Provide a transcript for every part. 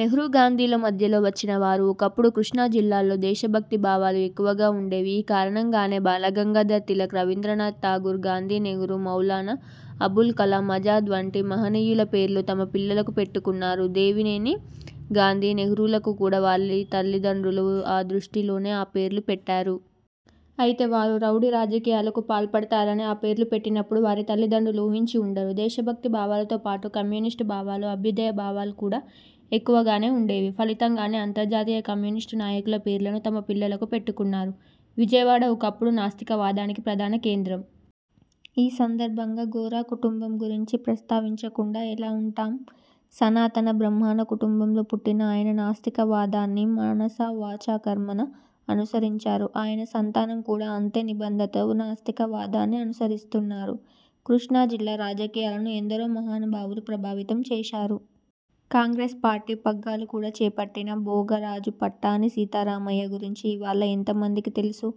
నెహ్రూ, గాంధీల మధ్యలో వచ్చిన వారు. ఒకప్పుడు కృష్ణా జిల్లాలో దేశ భక్తి భావాలు ఎక్కువగా ఉండేవి. ఈ కారణంగానే బాలగంగాధర్ తిలక్, రవీంద్రనాథ్ ఠాగూర్, గాంధి, నెహ్రూ, మౌలానా అబుల్ కలాం ఆజాద్ వంటి మహనీయుల పేర్లు తమ పిల్లలకు పెట్టుకున్నారు. దేవినేని గాంధీ, నెహ్రూలకు కూడా వాళ్లు ఈ తల్లిదండ్రులు ఆ దృష్టిలోనే ఆ పేర్లు పెట్టారు. అయితే వారు రౌడీ రాజకీయాలకు పాల్పడతారని ఆ పేర్లు పెట్టినప్పుడు వారి తల్లిదండ్రులు ఊహించి ఉండరు. దేశభక్తి భావాలతో పాటు కమ్యూనిస్టు భావాలు, అభ్యుదయ భావాలు కూడా ఎక్కువగానే ఉండేవి. ఫలితంగానే అంతర్జాతీయ కమ్యూనిస్టు నాయకుల పేర్లను తమ పిల్లలకు పెట్టుకున్నారు. విజయవాడ ఒకప్పుడు నాస్తికవాదానికి ప్రధాన కేంద్రం. ఈ సందర్భంగా గోరా కుటుంబం గురించి ప్రస్తావించకుండా ఎలా ఉంటాం? సనాతన బ్రాహ్మణ కుటుంబంలో పుట్టిన ఆయన నాస్తిక వాదాన్ని మనసా, వాచా, కర్మణా అనుసరించారు. ఆయన సంతానం కూడా అంతే నిబద్ధత నాస్తిక వాదాన్ని అనుసరిస్తున్నారు. కృష్ణా జిల్లా రాజకీయాలను ఎందరో మహానుభావులు ప్రభావితం చేశారు. కాంగ్రెస్ పార్టీ పగ్గాలు కూడా చేపట్టిన భోగ రాజు పట్టాని సీతారామయ్య గురించి ఇవాళ ఎంత మందికి తెలుసు?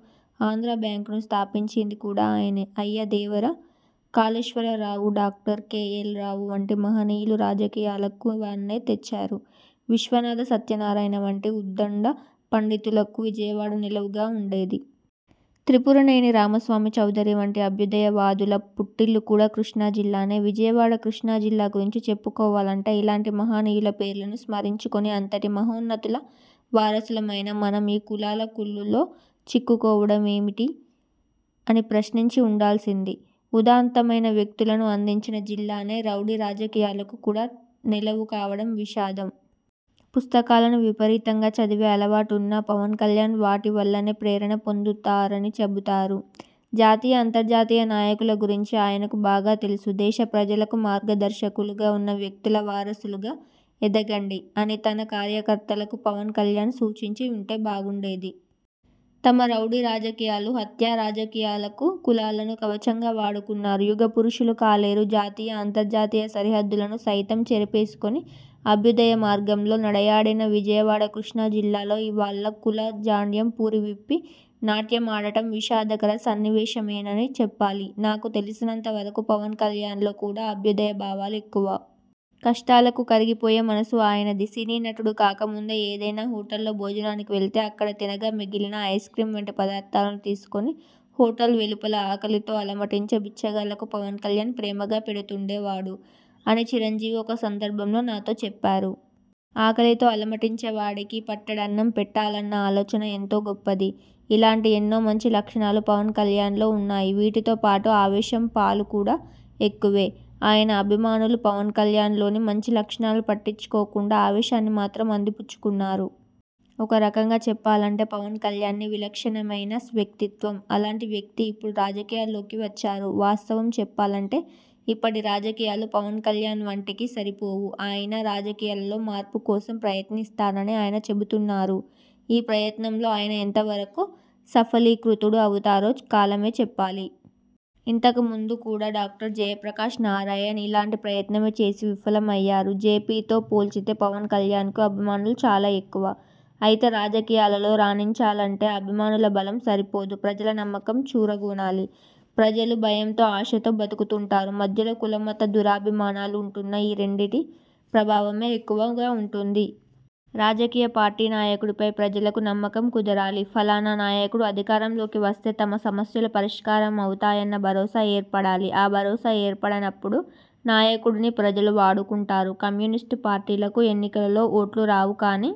ఆంధ్రా బ్యాంకును స్థాపించింది కూడా ఆయనే! Ayyadevara Kaleswara Rao, doctor K. L. Rao వంటి మహనీయులు రాజకీయాలకు వన్నె తెచ్చారు. విశ్వనాథ సత్యనారాయణ వంటి ఉద్ధండ పండితులకు విజయవాడ నెలవుగా ఉండేది. త్రిపురనేని రామస్వామి చౌదరి వంటి అభ్యుదయ వాదుల పుట్టిల్లు కూడా కృష్ణా జిల్లానే! విజయవాడ, కృష్ణా జిల్లా గురించి చెప్పుకోవాలంటే ఇలాంటి మహనీయుల పేర్లను స్మరించుకుని, అంతటి మహోన్నతుల వారసులమైన మనం ఈ కులాల కుళ్లులో చిక్కుకోవడం ఏమిటి? అని ప్రశ్నించి ఉండాల్సింది. ఉదాత్తమైన వ్యక్తులను అందించిన జిల్లానే రౌడీ రాజకీయాలకు కూడా నెలవు కావడం విషాదం. పుస్తకాలను విపరీతంగా చదివే అలవాటు ఉన్న పవన్ కల్యాణ్ వాటి వల్లనే ప్రేరణ పొందుతారని చెబుతారు. జాతీయ, అంతర్జాతీయ నాయకుల గురించి ఆయనకు బాగా తెలుసు. దేశ ప్రజలకు మార్గదర్శకులుగా ఉన్న వ్యక్తుల వారసులుగా ఎదగండి అని తన కార్యకర్తలకు పవన్ కల్యాణ్ సూచించి ఉంటే బాగుండేది. తమ రౌడీ రాజకీయాలు, హత్యా రాజకీయాలకు కులాలను కవచంగా వాడుకున్నారు యుగ పురుషులు కాలేరు. జాతీయ, అంతర్జాతీయ సరిహద్దులను సైతం చెరిపేసుకొని అభ్యుదయ మార్గంలో నడయాడిన విజయవాడ, కృష్ణా జిల్లాలో ఇవ్వాళ కుల జాఢ్యం పురి విప్పి నాట్యమాడటం విషాదకర సన్నివేశమేనని చెప్పాలి. నాకు తెలిసినంత వరకు పవన్ కల్యాణ్ లో కూడా అభ్యుదయ భావాలు ఎక్కువ! కష్టాలకు కరిగిపోయే మనసు ఆయనది! సినీ నటుడు కాకముందే ఏదైనా హోటల్లో భోజనానికి వెళితే అక్కడ తినగా మిగిలిన ఐస్క్రీమ్ వంటి పదార్థాలను తీసుకొని హోటల్ వెలుపల ఆకలితో అలమటించే బిచ్చగాళ్లకు పవన్ కల్యాణ్ ప్రేమగా పెడుతుండే వాడు అని చిరంజీవి ఒక సందర్భంలో నాతో చెప్పారు. ఆకలితో అలమటించే వాడికి పట్టెడన్నం పెట్టాలన్న ఆలోచన ఎంతో గొప్పది. ఇలాంటి ఎన్నో మంచి లక్షణాలు పవన్ కల్యాణ్ లో ఉన్నాయి. వీటితో పాటు ఆవేశం పాలు కూడా ఎక్కువే! ఆయన అభిమానులు పవన్ కల్యాణ్ లోని మంచి లక్షణాలు పట్టించుకోకుండా ఆవేశాన్ని మాత్రం అందిపుచ్చుకున్నారు. ఒక రకంగా చెప్పాలంటే పవన్ కల్యాణ్ది విలక్షణమైన వ్యక్తిత్వం. అలాంటి వ్యక్తి ఇప్పుడు రాజకీయాలోకి వచ్చారు. వాస్తవం చెప్పాలంటే ఇప్పటి రాజకీయాలు పవన్ కల్యాణ్ వంటికి సరిపోవు. అయినా రాజకీయాల్లో మార్పు కోసం ప్రయత్నిస్తానని ఆయన చెబుతున్నారు. ఈ ప్రయత్నంలో ఆయన ఎంతవరకు సఫలీకృతుడు అవుతారో కాలమే చెప్పాలి. ఇంతకు ముందు కూడా డాక్టర్ జయప్రకాశ్ నారాయణ్ ఇలాంటి ప్రయత్నమే చేసి విఫలం అయ్యారు. జేపీతో పోల్చితే పవన్ కల్యాణ్కు అభిమానులు చాలా ఎక్కువ. అయితే రాజకీయాలలో రాణించాలంటే అభిమానుల బలం సరిపోదు. ప్రజల నమ్మకం చూరగొనాలి. ప్రజలు భయంతో, ఆశతో బతుకుతుంటారు. మధ్యలో కుల, మత దురభిమానాలు ఉంటున్నా ఈ రెండింటి ప్రభావమే ఎక్కువగా ఉంటుంది. రాజకీయ పార్టీ నాయకుడిపై ప్రజలకు నమ్మకం కుదరాలి. ఫలానా నాయకుడు అధికారంలోకి వస్తే తమ సమస్యలు పరిష్కారం అవుతాయన్న భరోసా ఏర్పడాలి. ఆ భరోసా ఏర్పడనప్పుడు నాయకుడిని ప్రజలు వాడుకుంటారు. కమ్యూనిస్టు పార్టీలకు ఎన్నికలలో ఓట్లు రావు కానీ